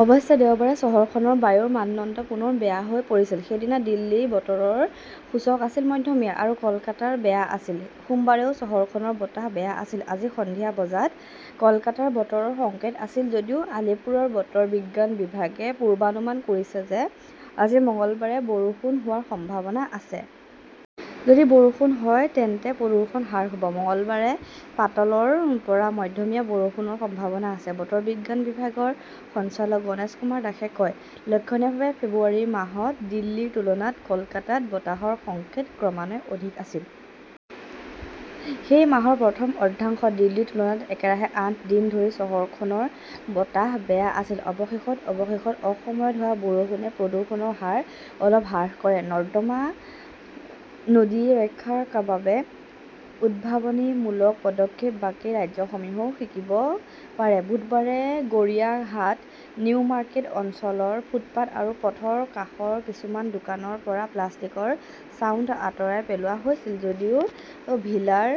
অৱশ্যে, দেওবাৰে চহৰখনৰ বায়ুৰ মানদণ্ড পুনৰ বেয়া হৈ পৰিছিল। সেইদিনা দিল্লীৰ বতৰৰ সূচক আছিল মধ্যমীয়া। আৰু কলকাতা বেয়া আছিল। সোমবাৰেও চহৰখনৰ বতাহ 'বেয়া "আছিল। আজি সন্ধিয়া বজাত কলকাতাৰ বতৰৰ সংকেত আছিল। যদিও আলীপুৰৰ বতৰ বিজ্ঞান বিভাগে পূৰ্বানুমান কৰিছে যে আজি মঙলবাৰে বৰষুণ হোৱাৰ সম্ভাৱনা আছে। যদি বৰষুণ হয় তেন্তে প্ৰদূষণ হ্ৰাস হ "ব। "মঙলবাৰে পাতলৰ পৰা মধ্যমীয়া বৰষুণৰ সম্ভাৱনা আছে", বতৰ বিজ্ঞান বিভাগৰ সঞ্চালক গণেশকুমাৰ দাসে কয়। "লক্ষণীয়ভাৱে, ফেব্ৰুৱাৰী মাহত দিল্লীৰ তুলনাত কলকাতাত বতাহৰ সংকেত ক্ৰমান্বয়ে অধিক আছিল। সেই মাহৰ প্ৰথম অৰ্ধাংশত দিল্লীৰ তুলনাত একেৰাহে আঠ দিন ধৰি চহৰখনৰ বতাহ বেয়া আছিল। অৱশেষত, অৱশেষত, অসময়ত হোৱা বৰষুণে প্ৰদূষণৰ হাৰ অলপ হ্ৰাস কৰে। নৰ্মদা নদী ৰক্ষা কৰাৰ বাবে উদ্ভাৱনীমূলক পদক্ষেপ, বাকী ৰাজ্যসমূহেও শিকিব পাৰে বুধবাৰে গড়িয়াহাট, নিউ মাৰ্কেট অঞ্চলৰ ফুটপাত আৰু পথৰ কাষৰ কিছুমান দোকানৰ পৰা প্লাষ্টিকৰ ছাউণ্ড আঁতৰাই পেলোৱা হৈছিল যদিও ভিলাৰ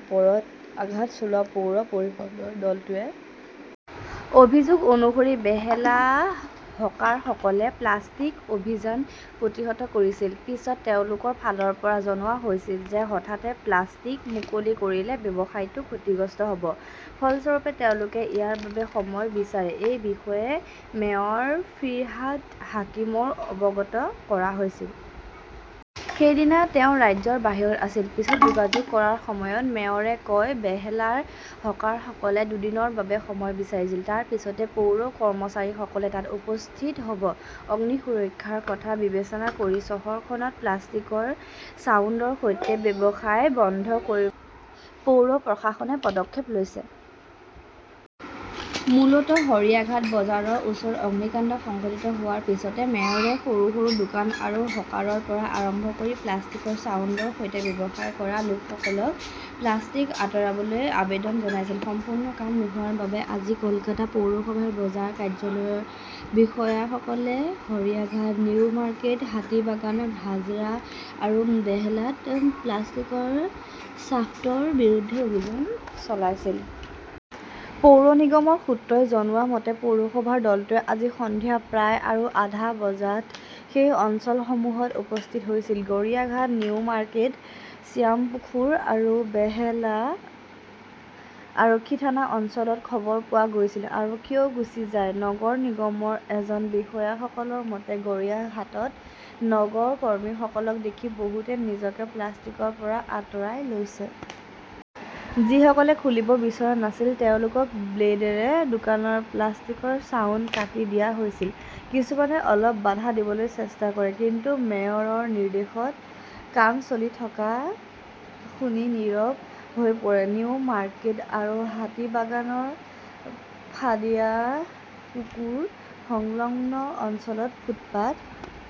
ওপৰত 'আঘাত "চলোৱা পৌৰ পৰিষদৰ দলটোৱে। অভিযোগ অনুসৰি বেহালা হ 'কাৰসকলে প্লাষ্টিক অভিযান প্ৰতিহত কৰিছিল। পিছত তেওঁলোকৰ ফালৰ পৰা জনোৱা হৈছিল যে হঠাতে প্লাষ্টিক মুকলি কৰিলে ব্যৱসায়টো ক্ষতিগ্ৰস্ত হ "ব। ফলস্বৰূপে, তেওঁলোকে ইয়াৰ বাবে সময় বিচাৰে। এই বিষয়ে মেয়ৰ ফিৰহাদ হাকিমক অৱগত কৰা হৈছিল। সেইদিনা তেওঁ ৰাজ্যৰ বাহিৰত আছিল। পিছত যোগাযোগ কৰাৰ সময়ত মেয়ৰে কয়, "বেহেলাৰ হ 'কাৰসকলে দুদিনৰ বাবে সময় বিচাৰিছিল। তাৰ পিছতে পৌৰ কৰ্মচাৰীসকলে তাত উপস্থিত হ "ব। "অগ্নি সুৰক্ষাৰ কথা বিবেচনা কৰি চহৰখনত প্লাষ্টিকৰ ছাউণ্ডৰ সৈতে ব্যৱসায় বন্ধ কৰিবলৈ পৌৰ প্ৰশাসনে পদক্ষেপ লৈছে। মূলতঃ গড়িয়াহাট বজাৰৰ ওচৰত অগ্নিকাণ্ড সংঘটিত হোৱাৰ পিছতে মেয়ৰে সৰু সৰু দোকান আৰু হকাৰৰ পৰা আৰম্ভ কৰি প্লাষ্টিকৰ ছাউণ্ডৰ সৈতে ব্যৱসায় কৰা লোকসকলক প্লাষ্টিক আঁতৰাবলৈ আবেদন জনাইছিল। সম্পূৰ্ণ কাম নোহোৱাৰ বাবে আজি কলকাতা পৌৰসভাৰ বজাৰ কাৰ্যালয়ৰ বিষয়াসকলে গড়িয়াহাট, নিউ মাৰ্কেট, হাতিবাগান, হাজাৰা আৰু বেহলাত প্লাষ্টিকৰ ছাফ্টৰ বিৰুদ্ধে অভিযান চলাইছিল। পৌৰ নিগমৰ সূত্ৰই জনোৱা মতে, পৌৰসভাৰ দলটোৱে আজি সন্ধিয়া প্ৰায় আৰু আধা বজাত সেই অঞ্চলসমূহত উপস্থিত হৈছিল। গড়িয়াহাট, নিউ মাৰ্কেট, শ্যামপুখুৰ আৰু বেহলা আৰক্ষী থানা অঞ্চলত খবৰ পোৱা গৈছিল। আৰক্ষীয়েও গুচি যায়। নগৰ নিগমৰ এজন বিষয়াসকলৰ মতে, গড়িয়াহাটত নগৰ কৰ্মীসকলক দেখি বহুতে নিজকে প্লাষ্টিকৰ পৰা আঁতৰাই লৈছে। যিসকলে খুলিব বিচৰা নাছিল তেওঁলোকক ব্লেডেৰে দোকানৰ প্লাষ্টিকৰ ছাউণ্ড কাটি দিয়া হৈছিল। কিছুমানে অলপ বাধা দিবলৈ চেষ্টা কৰে, কিন্তু মেয়ৰৰ নিৰ্দেশত কাম চলি থকা শুনি নীৰৱ হৈ পৰে। নিউ মাৰ্কেট আৰু হাতিবাগানৰ ফাডিয়াপুকুৰ সংলগ্ন অঞ্চলত ফুটপাত